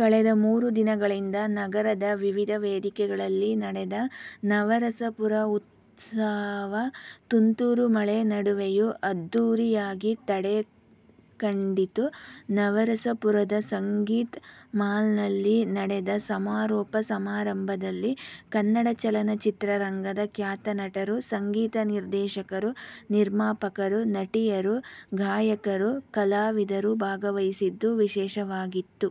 ಕಳೆದ ಮೂರು ದಿನಗಳಿಂದ ನಗರದ ವಿವಿಧ ವೇದಿಕೆಗಳಲ್ಲಿ ನಡೆದ ನವರಸಪುರ ಉತ್ಸವ ತುಂತುರು ಮಳೆ ನಡುವೆಯೂ ಅದ್ಧೂರಿ ಯಾಗಿ ತೆರೆಕಂಡಿತು. ನವರಸಪುರದ ಸಂಗೀತ್ ಮಹಲ್ನಲ್ಲಿ ನಡೆದ ಸಮಾರೋಪ ಸಮಾರಂಭದಲ್ಲಿ ಕನ್ನಡ ಚಲನಚಿತ್ರ ರಂಗದ ಖ್ಯಾತ ನಟರು, ಸಂಗೀತ ನಿರ್ದೇಶಕರು, ನಿರ್ಮಾಪಕರು, ನಟಿಯರು, ಗಾಯಕರು, ಕಲಾವಿ ದರು ಭಾಗವಹಿಸಿದ್ದು ವಿಶೇಷವಾಗಿತ್ತು.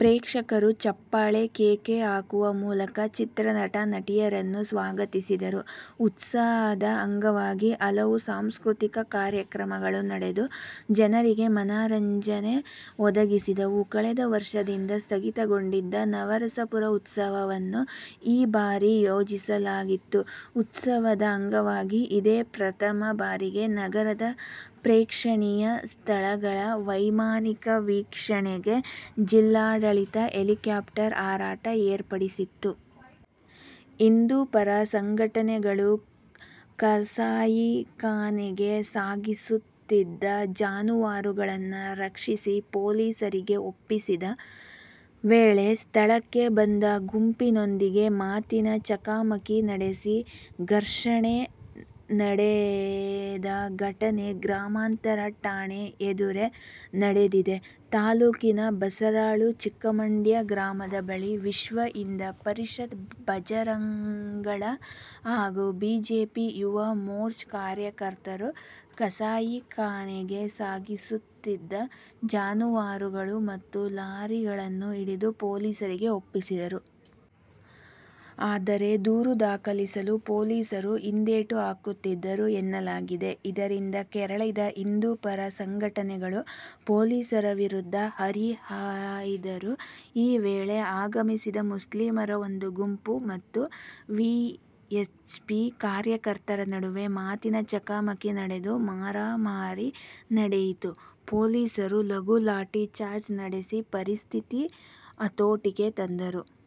ಪ್ರೇಕ್ಷಕರು ಚಪ್ಪಾಳೆ, ಕೇಕೆ ಹಾಕುವ ಮೂಲಕ ಚಿತ್ರನಟ ನಟಿಯರನ್ನು ಸ್ವಾಗತಿಸಿದರು. ಉತ್ಸವದ ಅಂಗವಾಗಿ ಹಲವು ಸಾಂಸ್ಕೃತಿಕ ಕಾರ್ಯಕ್ರಮಗಳು ನಡೆದು, ಜನರಿಗೆ ಮನರಂಜನೆ ಒದಗಿಸಿದವು. ಕಳೆದ ವರ್ಷದಿಂದ ಸ್ಥಗಿತಗೊಂಡಿದ್ದ ನವರಸಪುರ ಉತ್ಸವವನ್ನು ಈ ಬಾರಿ ಆಯೋಜಿಸಲಾಗಿತ್ತು. ಉತ್ಸವದ ಅಂಗವಾಗಿ ಇದೇ ಪ್ರಥಮ ಬಾರಿಗೆ ನಗರದ ಪ್ರೇಕ್ಷಣೀಯ ಸ್ಥಳಗಳ ವೈಮಾನಿಕ ವೀಕ್ಷಣೆಗೆ ಜಿಲ್ಲಾಡಳಿತ ಹೆಲಿಕಾಪ್ಟರ್ ಹಾರಾಟ ಏರ್ಪಡಿಸಿತ್ತು. ಹಿಂದು ಪರ ಸಂಘಟನೆಗಳು ಕಸಾಯಿಖಾನೆಗೆ ಸಾಗಿಸುತ್ತಿದ್ದ ಜಾನುವಾರುಗಳನ್ನು ರಕ್ಷಿಸಿ ಪೊಲೀಸರಿಗೆ ಒಪ್ಪಿಸಿದ ವೇಳೆ ಸ್ಥಳಕ್ಕೆ ಬಂದ ಗುಂಪಿನೊಂದಿಗೆ ಮಾತಿನ ಚಕಮಕಿ ನಡೆಸಿ ಘರ್ಷಣೆ ನಡೆದ ಘಟನೆ ಗ್ರಾಮಾಂತರ ಠಾಣೆ ಎದುರೇ ನಡೆದಿದೆ. ತಾಲೂಕಿನ ಬಸರಾಳು, ಚಿಕ್ಕಮಂಡ್ಯ ಗ್ರಾಮದ ಬಳಿ ವಿಶ್ವಹಿಂದು ಪರಿಷತ್, ಭಜರಂಗಳ ಹಾಗೂ ಬಿಜೆಪಿ ಯುವ ಮೋರ್ಚಾ ಕಾರ್ಯಕರ್ತರು ಕಸಾಯಿಖಾನೆಗೆ ಸಾಗಿಸುತ್ತಿದ್ದ ಜಾನುವಾರುಗಳು ಮತ್ತು ಲಾರಿಗಳನ್ನು ಹಿಡಿದು ಪೊಲೀಸರಿಗೆ ಒಪ್ಪಿಸಿದರು. ಆದರೆ ದೂರು ದಾಖಲಿಸಲು ಪೊಲೀಸರು ಹಿಂದೇಟು ಹಾಕುತ್ತಿದ್ದರು ಎನ್ನಲಾಗಿದೆ. ಇದರಿಂದ ಕೆರಳಿದ ಹಿಂದು ಪರ ಸಂಘಟನೆಗಳು ಪೊಲೀಸರ ವಿರುದ್ಧ ಹರಿಹಾಯ್ದರು. ಈ ವೇಳೆ ಆಗಮಿಸಿದ ಮುಸ್ಲಿಮರ ಒಂದು ಗುಂಪು ಮತ್ತು ವಿಎಚ್ಪಿ ಕಾರ್ಯಕರ್ತರ ನಡುವೆ ಮಾತಿನ ಚಕಮಕಿ ನಡೆದು, ಮಾರಾಮಾರಿ ನಡೆಯಿತು. ಪೊಲೀಸರು ಲಘು ಲಾಠಿ ಚಾರ್ಜ್ ನಡೆಸಿ ಪರಿಸ್ಥಿತಿ ಹತೋಟಿಗೆ ತಂದರು.